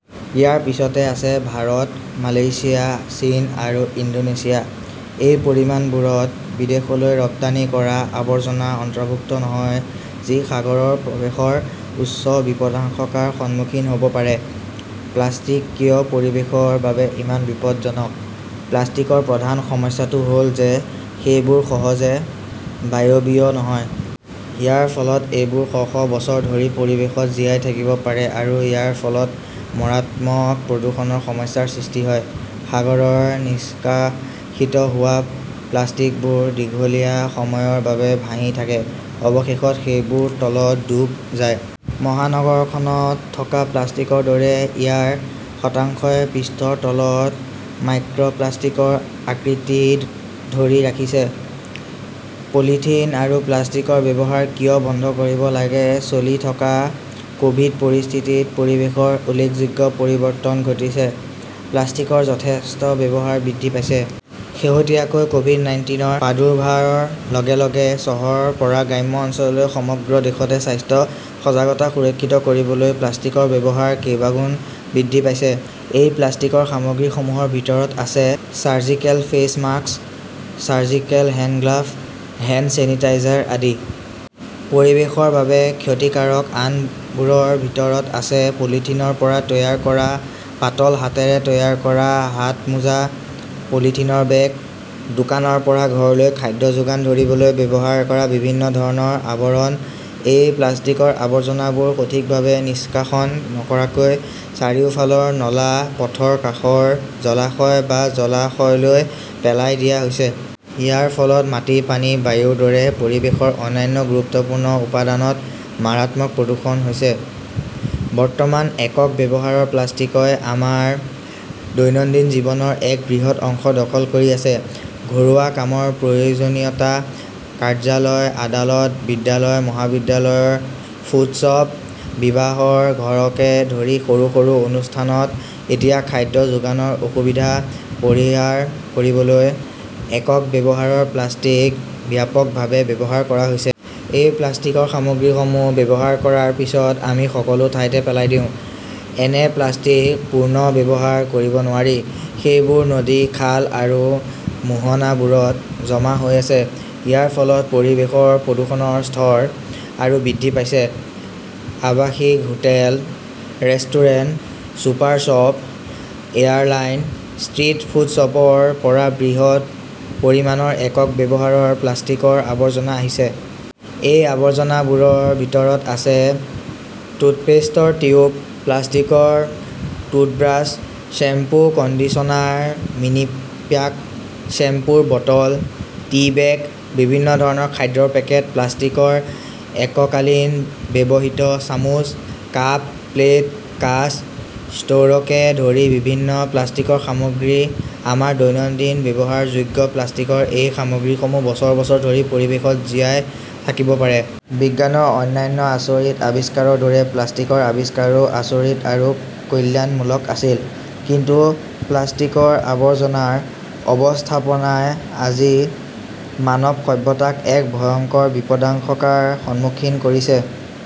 ইয়াৰ পিছতে আছে ভাৰত, মালয়েছিয়া, চীন আৰু ইণ্ডোনেছিয়া। এই পৰিমাণবোৰত বিদেশলৈ ৰপ্তানি কৰা আৱৰ্জনা অন্তৰ্ভুক্ত নহয়, যি সাগৰত প্ৰৱেশৰ উচ্চ বিপদাশংকাৰ সন্মুখীন হ 'ব পাৰে। প্লাষ্টিক কিয় পৰিৱেশৰ বাবে ইমান বিপদজনক? প্লাষ্টিকৰ প্ৰধান সমস্যাটো হ'ল যে সেইবোৰ সহজে বায়বীয় নহয়। ইয়াৰ ফলত এইবোৰ শ শ বছৰ ধৰি পৰিৱেশত জীয়াই থাকিব পাৰে আৰু ইয়াৰ ফলত মাৰাত্মক প্ৰদূষণৰ সমস্যাৰ সৃষ্টি হয়। সাগৰত নিষ্কাশিত হোৱা প্লাষ্টিকবোৰ দীঘলীয়া সময়ৰ বাবে ভাহি থাকে। অৱশেষত সেইবোৰ তলত ডুব যায়। মহানগৰখনত থকা প্লাষ্টিকৰ দৰে ইয়াৰ শতাংশই পৃষ্ঠৰ তলত মাইক্ৰ'প্লাষ্টিকৰ আকৃতি ধৰি ৰাখিছে। পলিথিন আৰু প্লাষ্টিকৰ ব্যৱহাৰ কিয় বন্ধ কৰিব লাগে চলি থকা ক'ভিড পৰিস্থিতিত পৰিৱেশৰ উল্লেখযোগ্য পৰিৱৰ্তন ঘটিছে। প্লাষ্টিকৰ যথেষ্ট ব্যৱহাৰ বৃদ্ধি পাইছে। শেহতীয়াকৈ ক'ভিড-নাইন্তিনৰ প্ৰাদুৰ্ভাৱৰ লগে লগে চহৰৰ পৰা গ্ৰাম্য অঞ্চললৈ সমগ্ৰ দেশতে স্বাস্থ্য সজাগতা সুৰক্ষিত কৰিবলৈ প্লাষ্টিকৰ ব্যৱহাৰ কেইবাগুণ বৃদ্ধি পাইছে। এই প্লাষ্টিকৰ সামগ্ৰীসমূহৰ ভিতৰত আছে surgical face mask, surgical hand glove, hand sanitiser আদি। পৰিৱেশৰ বাবে ক্ষতিকাৰক আনবোৰৰ ভিতৰত আছে পলিথিনৰ পৰা তৈয়াৰ কৰা পাতল হাতেৰে তৈয়াৰ কৰা হাতমোজা, পলিথিনৰ বেগ, দোকানৰ পৰা ঘৰলৈ খাদ্য যোগান ধৰিবলৈ ব্যৱহাৰ কৰা বিভিন্ন ধৰণৰ আৱৰণ। এই প্লাষ্টিকৰ আৱৰ্জনাবোৰ সঠিকভাৱে নিষ্কাশন নকৰাকৈ চাৰিওফালৰ নলা, পথৰ কাষৰ জলাশয় বা জলাশয়লৈ পেলাই দিয়া হৈছে। ইয়াৰ ফলত মাটি, পানী, বায়ুৰ দৰে পৰিৱেশৰ অন্যান্য গুৰুত্বপূৰ্ণ উপাদানত মাৰাত্মক প্ৰদূষণ হৈছে। বৰ্তমান, একক ব্যৱহাৰৰ প্লাষ্টিকই আমাৰ দৈনন্দিন জীৱনৰ এক বৃহৎ অংশ দখল কৰি আছে। ঘৰুৱা কামৰ প্ৰয়োজনীয়তা, কাৰ্যালয়, আদালত, বিদ্যালয়, মহাবিদ্যালয়ৰ ফুডশ্বপ, বিবাহৰ ঘৰকে ধৰি সৰু- সৰু অনুষ্ঠানত এতিয়া খাদ্য যোগানৰ অসুবিধা পৰিহাৰ কৰিবলৈ একক ব্যৱহাৰৰ প্লাষ্টিক ব্যাপকভাৱে ব্যৱহাৰ কৰা হৈছে। এই প্লাষ্টিকৰ সামগ্ৰীসমূহ ব্যৱহাৰ কৰাৰ পিছত আমি সকলো ঠাইতে পেলাই দিওঁ। এনে প্লাষ্টিক পুনৰ্ব্যৱহাৰ কৰিব নোৱাৰি। সেইবোৰ নদী, খাল আৰু মোহনাবোৰত জমা হৈ আছে। ইয়াৰ ফলত পৰিৱেশৰ প্ৰদূষণৰ স্তৰ আৰু বৃদ্ধি পাইছে। আৱাসিক hotel, restaurant, super shop, airline, street ফুডশ্বপৰ পৰা বৃহৎ পৰিমাণৰ একক ব্যৱহাৰৰ প্লাষ্টিকৰ আৱৰ্জনা আহিছে। এই আৱৰ্জনাবোৰৰ ভিতৰত আছে টুথপেষ্টৰ টিউব, প্লাষ্টিকৰ টুথব্ৰাছ, শ্বেম্পো-কণ্ডিছনাৰ মিনিপ্যাক, শ্বেম্পোৰ বটল, টি-বেগ, বিভিন্ন ধৰণৰ খাদ্যৰ পেকেট, প্লাষ্টিকৰ এককালীন ব্যৱহৃত চামুচ, কাপ, প্লেট, কাঁচ, ষ্ট্ৰ'ৰকে ধৰি বিভিন্ন প্লাষ্টিকৰ সামগ্ৰী। আমাৰ দৈনন্দিন ব্যৱহাৰযোগ্য প্লাষ্টিকৰ এই সামগ্ৰীসমূহ বছৰ বছৰ ধৰি পৰিৱেশত জীয়াই থাকিব পাৰে। বিজ্ঞানৰ অন্যান্য আচৰিত আৱিষ্কাৰৰ দৰে প্লাষ্টিকৰ আৱিষ্কাৰো আচৰিত আৰু কল্যাণমূলক আছিল। কিন্তু প্লাষ্টিকৰ আৱৰ্জনাৰ অব্যৱস্থাপনাই আজি মানৱ সভ্যতাক এক ভয়ংকৰ বিপদাশংকাৰ সন্মুখীন কৰিছে।